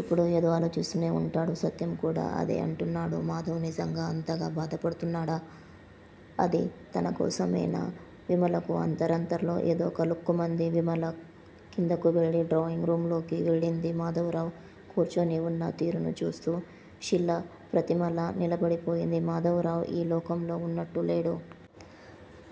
ఎప్పుడూ ఏదో ఆలోచిస్తూనే ఉంటాడు. సత్యం కూడా అదే అంటున్నాడు. మాధవ్ నిజంగా అంతగా బాధపడుతున్నాడా? అది తనకోసమేనా? విమలకు అంతరాంతరాల్లో ఏదో కలుక్కుమంది. విమల కిందకు వెళ్ళి డ్రాయింగ్ రూంలోకి వెళ్ళింది. మాధవరావు కూర్చొనివున్న తీరును చూస్తూ శిలాప్రతిమలా నిలబడిపోయింది. మాధవరావు ఈ లోకంలో ఉన్నట్టు లేడు.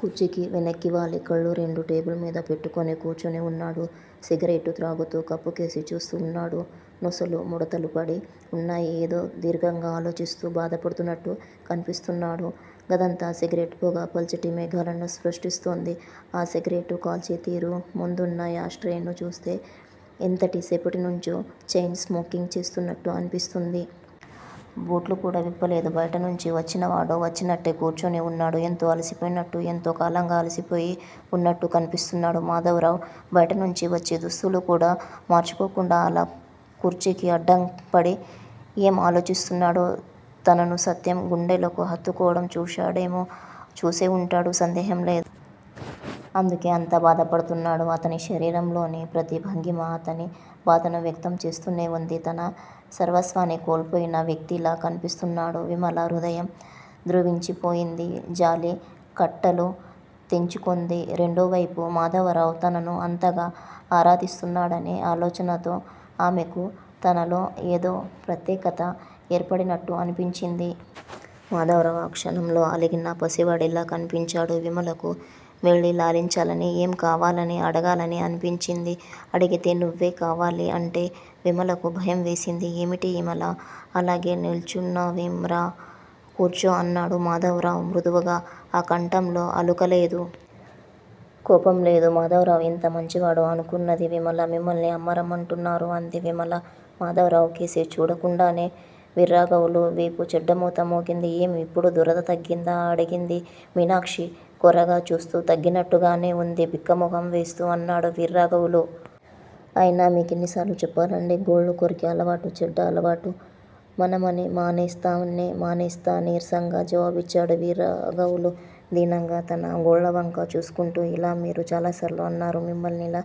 కుర్చీకి వెనక్కివాలి కాళ్ళు రెండూ టేబుల్ మీద పెట్టుకొని కూర్చొని ఉన్నాడు. సిగరెట్టు త్రాగుతూ కప్పుకేసి చూస్తూ ఉన్నాడు. నొసలు ముడతలుపడి ఉన్నాయి. ఏదో దీర్ఘంగా ఆలోచిస్తూ బాధపడుతున్నట్టు కన్పిస్తున్నాడు. గదంతా సిగరెట్ పొగ పల్చటి మేఘాలను సృష్టిస్తోంది. ఆ సిగరెట్ కాల్చే తీరూ ముందున్న యాష్ ట్రేను చూస్తే ఎంతసేపటినుంచో చైన్ స్మోకింగ్ చేస్తున్నట్టు అన్పిస్తుంది. బూట్లు కూడా విప్పలేదు. బయటనుంచి వచ్చినవాడు వచ్చినట్టే కూర్చొని ఉన్నాడు. ఎంతో అలసిపోయినట్టు ఎంతో కాలంగా అలిసిపోయి ఉన్నట్టు కన్పిస్తున్నాడు. మాధవరావు బయటనుంచి వచ్చి దుస్తులుకూడా మార్చుకోకుండా అలా కుర్చీకి అడ్డంపడి ఏం ఆలోచిస్తున్నాడో? తనను సత్యం గుండెలకు హత్తుకోవడం చూశాడేమో? చూసే ఉంటాడు సందేహం లేదు. అందుకే అంత బాధపడుతున్నాడు. అతని శరీరంలోని ప్రతి భంగిమా అతని బాధను వ్యక్తం చేస్తూనే ఉంది. తన సర్వస్వాన్ని కోల్పోయిన వ్యక్తిలా కన్పిస్తున్నాడు. విమల హృదయం ద్రవించిపోయింది. జాలి కట్టలు తెంచుకొంది. రెండోవైపు మాధవరావు తనను అంతగా ఆరాధిస్తున్నాడనే ఆలోచనతో ఆమెకు తనలో ఏదో ప్రత్యేకత ఏర్పడినట్టు అనిపించింది. మాధవరావు ఆ క్షణంలో అలిగిన పసివాడిలా కన్పించాడు విమలకు. వెళ్ళి లాలించాలనీ ఏం కావాలని అడగాలనీ అనిపించింది. అడిగితే? నువ్వే కావాలి అంటే? విమలకు భయం వేసింది. ఏమిటి విమలా? అలాగే నిల్చున్నావేం? రా! కూర్చో! అన్నాడు మాధవరావు మృదువుగా. ఆ కంఠంలో అలుక లేదు. కోపం లేదు. మాధవరావు ఎంత మంచివాడు! అనుకొన్నది విమల. మిమ్మల్ని అమ్మ రమ్మంటున్నారు అంది విమల మాధవరావు కేసి చూడకుండానే. వీర్రాఘవులు వీపు చెడ్డమోత మోగింది. ఏం? ఇప్పుడు దురద తగ్గిందా? అడిగింది మీనాక్షి కోరగా చూస్తూ. తగ్గినట్టుగానే ఉంది బిక్కమొహం వేస్తూ అన్నాడు వీర్రాఘవులు. అయినా మీకెన్నిసార్లు చెప్పాలండీ గోళ్లు కొరికే అలవాటు చెడ్డ అలవాటనీ మానమనీ మానేస్తాన్లే మానేస్తా నీర్సంగా జవాబిచ్చాడు వీర్రాఘవులు దీనంగా తన గోళ్లవంక చూస్కుంటూ. ఇలా మీరు చాలాసార్లు అన్నారు మిమ్మల్నిలా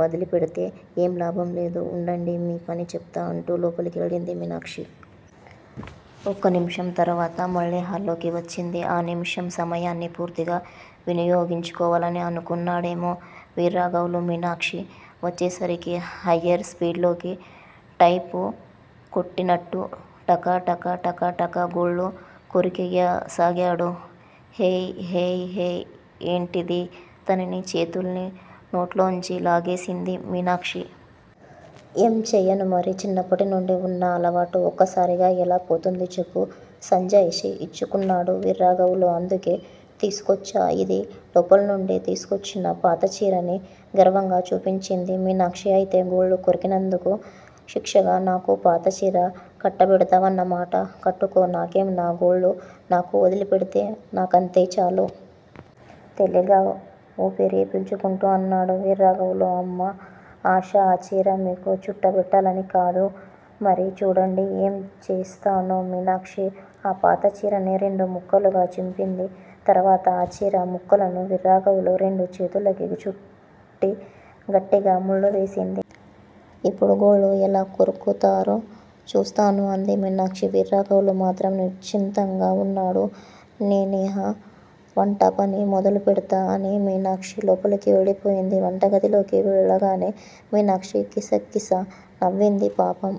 వదిలిపెడ్తే ఏం లాభం లేదు ఉండండి మీ పని చెప్తా అంటూ లోపలికెళ్లింది మీనాక్షి. ఒక నిమిషం తర్వాత మళ్లీ హాల్లోకి వచ్చింది. ఆ నిమిషం సమయాన్ని పూర్తిగా వినియోగించుకోవాలని అనుకున్నాడేమో వీర్రాఘవులు మీనాక్షి వచ్చేసరికి హయ్యర్ స్పీడ్ లోకి టైపు కొట్టినట్టు టక టక టక టక గోళ్లు కొరికెయ్యసాగాడు. హేయ్ హేయ్ హేయ్ ఏంటిది? అతని చేతుల్ని నోట్లోంచి లాగేసింది మీనాక్షి. ఏం చెయ్యనుమరి? చిన్నప్పటి నుండీ ఉన్న అలవాటు ఒక్కసారిగా ఎలా పోతుంది చెప్పు? సంజాయిషీ ఇచ్చుకున్నాడు వీర్రాఘవులు. అందుకే తీసుకొచ్చా ఇది! లోపల్నుండి తీసుకొచ్చిన పాత చీరని గర్వంగా చూపించింది మీనాక్షి. అయితే గోళ్లు కొరికనందుకు శిక్షగా నాకు పాతచీర కట్టబెడ్తావన్నమాట! కట్టుకో నాకేం? నా గోళ్లు నాకు వదిలిపెడ్తే నాకంతే చాలు! తేలిగ్గా ఊపిరి పీల్చుకుంటూ అన్నాడు వీర్రాఘవులు. హమ్మా ఆశ! ఈ చీర మీకు చుట్టబెట్టడానిక్కాదు! మరి? చూడండి ఏం చేస్తానో! మీనాక్షి ఆ పాత చీరని రెండు ముక్కలుగా చింపింది. తర్వాత ఆ చీర ముక్కలను వీర్రాఘవులు రెండు చేతులకీ చుట్టి గట్టిగా ముళ్లు వేసింది. ఇప్పుడు గోళ్లు ఎలా కొరుకుతారో చూస్తాను అంది మీనాక్షి. వీర్రాఘవులు మాత్రం నిశ్చితంగా ఉన్నాడు. నేనిహ వంటపని మొదలుబెడ్తా అని మీనాక్షి లోపలికి వెళ్లిపోయింది. వంటగదిలోకి వెళ్ళగానే మీనాక్షి కిసకిసా నవ్వింది. పాపం!